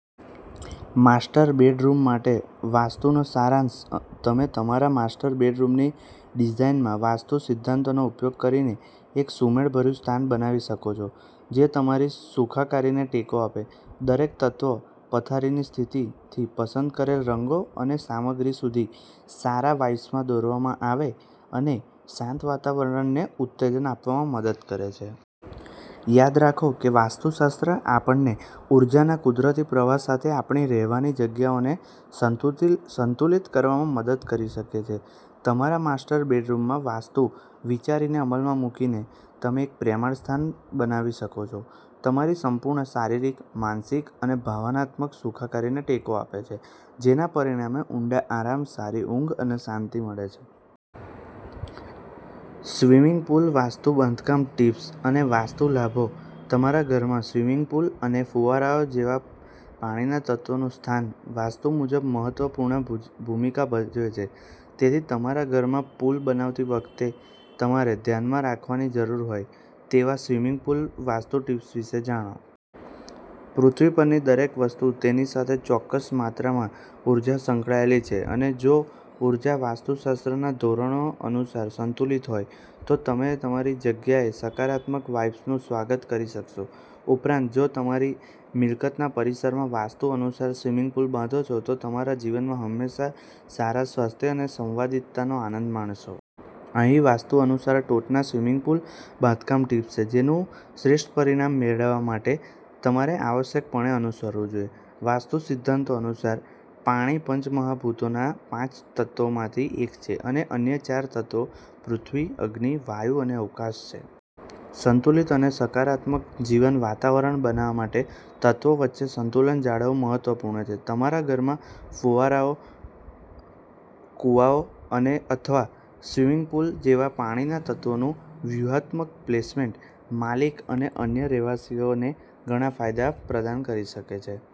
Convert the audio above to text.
Master bedroom માટે વાસ્તુનો સારાંશ તમે તમારા માસ્ટર બેડરૂમની ડિઝાઇનમાં વાસ્તુ સિદ્ધાંતોનો ઉપયોગ કરીને એક સુમેળભર્યું સ્થાન બનાવી શકો છો જે તમારી સુખાકારીને ટેકો આપે. દરેક તત્વ, પથારીની સ્થિતિથી પસંદ કરેલ રંગો અને સામગ્રી સુધી, સારા વાઇબ્સમાં દોરવામાં અને શાંત વાતાવરણને ઉત્તેજન આપવામાં મદદ કરે છે. યાદ રાખો કે વાસ્તુશાસ્ત્ર આપણને ઊર્જાના કુદરતી પ્રવાહ સાથે આપણી રહેવાની જગ્યાઓને સંતુલિત કરવામાં મદદ કરી શકે છે. તમારા માસ્ટર બેડરૂમમાંવાસ્તુ વિચારોને અમલમાં મૂકીને, તમે એક પ્રેમાળ સ્થળ બનાવી શકો છો. તમારી સંપૂર્ણ શારીરિક, માનસિક અને ભાવનાત્મક સુખાકારીને ટેકો આપે છે, જેના પરિણામે ઊંડા આરામ, સારી ઊંઘ અને શાંતિ મળે છે. સ્વિમિંગ પૂલ વાસ્તુ બાંધકામ ટિપ્સ અને વાસ્તુ લાભો તમારા ઘરમાં સ્વિમિંગ પુલ અને ફુવારાઓ જેવા પાણીના તત્વોનું સ્થાન વાસ્તુ મુજબ મહત્વપૂર્ણ ભૂમિકા ભજવે છે. તેથી તમારા ઘરમાં પૂલ બનાવતી વખતે તમારે ધ્યાનમાં રાખવાની જરૂર હોય તેવા સ્વિમિંગ પૂલ વાસ્તુ ટિપ્સ વિશે જાણો. પૃથ્વી પરની દરેક વસ્તુ તેની સાથે ચોક્કસ માત્રામાં ઉર્જા સંકળાયેલી છે અને જોઉર્જા વાસ્તુશાસ્ત્રના ધોરણો અનુસાર સંતુલિત હોય, તો તમે તમારી જગ્યાએ સકારાત્મક વાઇબ્સનું સ્વાગત કરી શકશો. ઉપરાંત, જો તમે તમારી મિલકતના પરિસરમાં વાસ્તુ અનુસાર સ્વિમિંગ પૂલ બાંધો છો, તો તમે તમારા જીવનમાં હંમેશા સારા સ્વાસ્થ્ય અને સંવાદિતાનો આનંદ માણશો. અહીં વાસ્તુ અનુસાર ટોચના સ્વિમિંગ પૂલ બાંધકામ ટિપ્સ છે જેનું શ્રેષ્ઠ પરિણામ મેળવવા માટે તમારે આવશ્યકપણે અનુસરવું જોઈએ. વાસ્તુ સિદ્ધાંતો અનુસાર, પાણીપંચમહાભૂતોના પાંચ તત્વોમાંથી એક છે અને અન્ય ચાર તત્વો પૃથ્વી, અગ્નિ, વાયુ અને અવકાશ છે. સંતુલિત અને સકારાત્મક જીવન વાતાવરણ બનાવવા માટેતત્વો વચ્ચે સંતુલન જાળવવું મહત્વપૂર્ણ છે. તમારા ઘરમાં કુવાઓ, ફુવારા અથવા સ્વિમિંગ પુલ જેવા પાણીના તત્વોનું વ્યૂહાત્મક પ્લેસમેન્ટ, માલિક અને અન્ય રહેવાસીઓને ઘણા ફાયદા પ્રદાન કરી શકે છે.